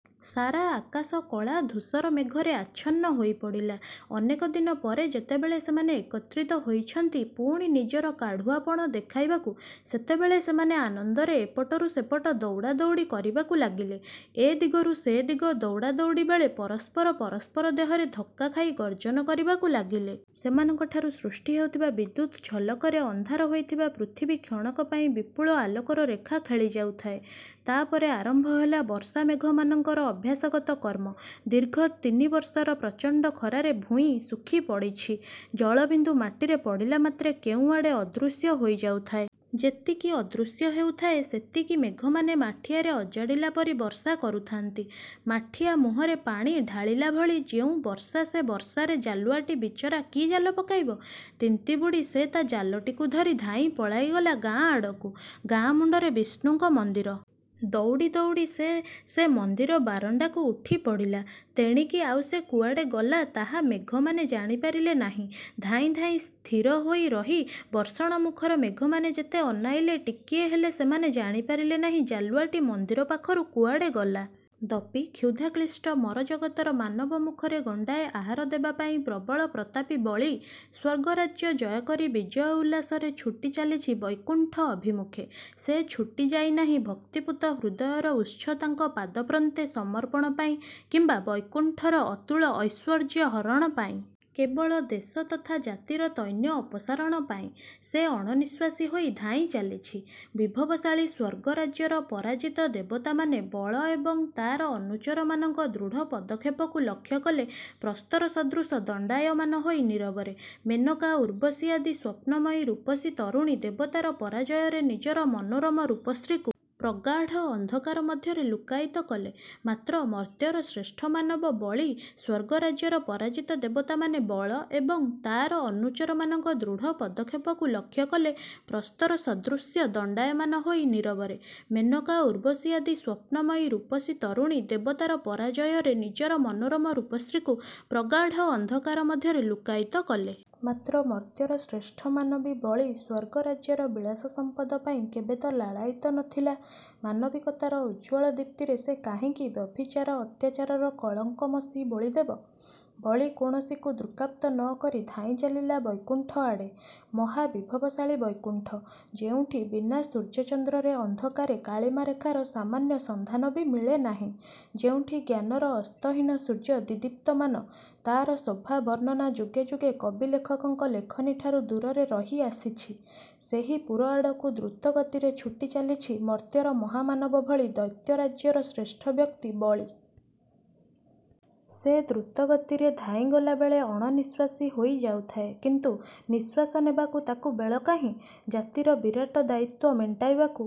ସାରା ଆକାଶ କଳା ଧୂଷର ମେଘରେ ଆଚ୍ଛନ୍ନ ହୋଇପଡ଼ିଲା। ଅନେକ ଦିନ ପରେ ଯେତେବେଳେ ସେମାନେ ଏକତ୍ରୀତ ହୋଇଛନ୍ତି ପୁଣି ନିଜର କାଢ଼ୁଆ ପଣ ଦେଖାଇବାକୁ, ସେତେବେଳେ ସେମାନେ ଆନନ୍ଦରେ ଏପଟରୁ ସେପଟ ଦୌଡ଼ା ଦୌଡ଼ି କରିବାକୁ ଲାଗିଲେ। ଏ ଦିଗରୁ ସେ ଦିଗ ଦୌଡ଼ା ଦୌଡ଼ି ବେଳେ ପରସ୍ପର ପରସ୍ପର ଦେହରେ ଧକ୍କାଖାଇ ଗର୍ଜନ କରିବାକୁ ଲାଗିଲେ। ସେମାନଙ୍କଠାରୁ ସୃଷ୍ଟି ହେଉଥିବା ବିଦ୍ୟୁତ୍ ଝଲକରେ ଅନ୍ଧାର ହୋଇଥିବା ପୃଥିବୀ କ୍ଷଣକପାଇଁ ବିପୁଳ ଆଲୋକର ରେଖା ଖେଳି ଯାଉଥାଏ। ତାପରେ ଆରମ୍ଭ ହେଲା ବର୍ଷା ମେଘମାନଙ୍କର ଅଭ୍ୟାସଗତ କର୍ମ। ଦୀର୍ଘ ତିନିବର୍ଷର ପ୍ରଚଣ୍ଡ ଖରାରେ ଭୂଇଁ ଶୁଖି ପଡ଼ିଛି। ଜଳବିନ୍ଦୁ ମାଟିରେ ପଡ଼ିଲା ମାତ୍ରେ କେଉଁଆଡ଼େ ଅଦୃଶ୍ୟ ହୋଇ ଯାଉଥାଏ। ଯେତିକି ଅଦୃଶ୍ୟ ହେଉଥାଏ, ସେତିକି ମେଘମାନେ ମାଠିଆରେ ଅଜାଡ଼ିଲା ପରି ବର୍ଷା କରୁଥାନ୍ତି। ମାଠିଆ ମୁହଁରେ ପାଣି ଢାଳିଲାଭଳି ଯେଉଁ ବର୍ଷା ସେ ବର୍ଷାରେ ଜାଲୁଆଟି ବିଚରା କି ଜାଲ ପକାଇବ। ତିନ୍ତିବୁଡ଼ି ସେ ତା ଜାଲଟିକୁ ଧରି ଧାଇଁ ପଳାଇଲା ଗାଁ ଆଡ଼କୁ। ଗାଁ ମୁଣ୍ଡରେ ବିଷ୍ଣୁଙ୍କ ମନ୍ଦିର। ଦୌଡ଼ି ଦୌଡ଼ି ସେ ସେ ମନ୍ଦିର ବରଣ୍ଡାକୁ ଉଠିପଡ଼ିଲା। ତେଣିକି ଆଉ ସେ କୁଆଡ଼େ ଗଲା ତାହା ମେଘମାନେ ଜାଣି ପାରିଲେ ନାହିଁ। ଧାଇଁ ଧାଇଁ ସ୍ଥିର ହୋଇ ରହି ବର୍ଷଣମୁଖର ମେଘମାନେ ଯେତେ ଅନାଇଲେ ଟିକିଏ ହେଲେ ସେମାନେ ଜାଣି ପାରିଲେ ନାହିଁ ଜାଲୁଆଟି ମନ୍ଦିର ପାଖରୁ କୁଆଡ଼େ ଗଲା। ଦପୀ କ୍ଷୁଧାକ୍ଳିଷ୍ଟ ମରଜଗତର ମାନବମୁଖରେ ଗଣ୍ଡାଏ ଆହାର ଦେବାପାଇଁ ପ୍ରବଳ ପ୍ରତାପୀ ବଳୀ ସ୍ୱର୍ଗରାଜ୍ୟ ଜୟକରି ବିଜୟ ଉଲ୍ଲାସରେ ଛୁଟି ଚାଲିଛି ବୈକୁଣ୍ଠ ଅଭିମୁଖେ। ସେ ଛୁଟି ଯାଇନାହିଁ ଭକ୍ତିପୂତ ହୃଦୟର ଉତ୍ସ ତାଙ୍କ ପାଦପ୍ରାନ୍ତେ ସମର୍ପଣ ପାଇଁ କିମ୍ୱା ବୈକୁଣ୍ଠର ଅତୁଳ ଐଶ୍ୱର୍ଯ୍ୟ ହରଣ ପାଇଁ। କେବଳ ଦେଶ ତଥା ଜାତିର ତୈନ୍ୟ ଅପସାରଣ ପାଇଁ-। ସେ ଅଣନିଶ୍ୱାସୀ ହୋଇ ଧାଇଁ ଚାଲିଛି। ବିଭବଶାଳୀ ସ୍ୱର୍ଗରାଜ୍ୟର ପରାଜିତ ଦେବତାମାନେ ବଳ ଏବଂ ତାର ଅନୁଚରମାନଙ୍କ ଦୃଢ଼ ପଦେକ୍ଷେପକୁ ଲକ୍ଷ୍ୟକଲେ ପ୍ରସ୍ତର ସଦୃଶ୍ୟ ଦଣ୍ଡାୟମାନ ହୋଇ ନିରବରେ। ମେନକା ଉର୍ବଶୀ ଆଦି ସ୍ୱପ୍ନମୟୀ ରୂପସୀ ତରୁଣୀ ଦେବତାର ପରାଜୟରେ ନିଜର ମନୋରମ ରୂପଶ୍ରୀକୁ। ପ୍ରଗାଢ଼ ଅନ୍ଧକାର ମଧ୍ୟରେ ଲୁକାୟିତ କଲେ। ମାତ୍ର ମର୍ତ୍ତ୍ୟର ଶ୍ରେଷ୍ଠ ମାନବ ବଳୀ ସ୍ୱର୍ଗରାଜ୍ୟର ପରାଜିତ ଦେବତାମାନେ ବଳ ଏବଂ ତାର ଅନୁଚରମାନଙ୍କ ଦୃଢ଼ ପଦକ୍ଷେପକୁ ଲକ୍ଷ୍ୟକଲେ ପ୍ରସ୍ତର ସଦୃଶ୍ୟ ଦଣ୍ଡାୟମାନ ହୋଇ ନିରବରେ। ମେନକା ଉର୍ବଶୀ ଆଦି ସ୍ୱପ୍ନମୟୀ ରୂପସୀ ତରୁଣୀ ଦେବତାର ପରାଜୟରେ ନିଜର ମନୋରମ ରୂପଶ୍ରୀକୁ ପ୍ରଗାଢ଼ ଅନ୍ଧକାର ମଧ୍ୟରେ ଲୁକାୟିତ କଲେ। ମାତ୍ର ମର୍ତ୍ତ୍ୟର ଶ୍ରେଷ୍ଠ ମାନବୀ ବଳୀ ସ୍ୱର୍ଗରାଜ୍ୟର ବିଳାସ ସମ୍ପଦପାଇଁ କେବେ ତ ଲାଳାୟିତ ନଥିଲା! ମାନବିକତାର ଉଜ୍ୱଳ ଦୀପ୍ତିରେ ସେ କାହିଁକି ବ୍ୟଭିଚାର ଅତ୍ୟାଚାରର କଳଙ୍କମସୀ ବୋଳିଦେବ? ବଳୀ କୌଣସିକୁ ଦୃକ୍ପାତ ନକରି ଧାଇଁ ଚାଲିଲା ବୈକୁଣ୍ଠ ଆଡ଼େ। ମହା ବିଭବଶାଳୀ ବୈକୁଣ୍ଠ। ଯେଉଁଠି ବିନା ସୂର୍ଯ୍ୟଚନ୍ଦ୍ରରେ ଅନ୍ଧକାରେ କାଳିମା ରେଖାର ସାମାନ୍ୟ ସନ୍ଧାନ ବି ମିଳେ ନାହିଁ–ଯେଉଁଠି ଜ୍ଞାନର ଅସ୍ତହୀନ ସୂର୍ଯ୍ୟ ଦିଦୀପ୍ତମାନ, ତାର ଶୋଭା ବର୍ଣ୍ଣନା ଯୁଗେ ଯୁଗେ କବି ଲେଖକଙ୍କ ଲେଖନୀ ଠାରୁ ଦୂରରେ ରହିଆସିଛି, ସେହିପୁର ଆଡ଼କୁ ଦ୍ରୁତ ଗତିରେ ଛୁଟି ଚାଲିଛି ମର୍ତ୍ତ୍ୟର ମହାମାନବ ଭଳି ଦୈତ୍ୟରାଜ୍ୟର ଶ୍ରେଷ୍ଠବ୍ୟକ୍ତି ବଳୀ। ସେ ଦ୍ରୁତଗତିରେ ଧାଇଁଗଲାବେଳେ ଅଣନିଶ୍ୱାସୀ ହୋଇ ଯାଉଥାଏ–କିନ୍ତୁ ନିଶ୍ୱାସ ନେବାକୁ ତାକୁ ବେଳ କାହିଁ? ଜାତିର ବିରାଟ ଦାୟିତ୍ୱ ମେଣ୍ଟାଇବାକୁ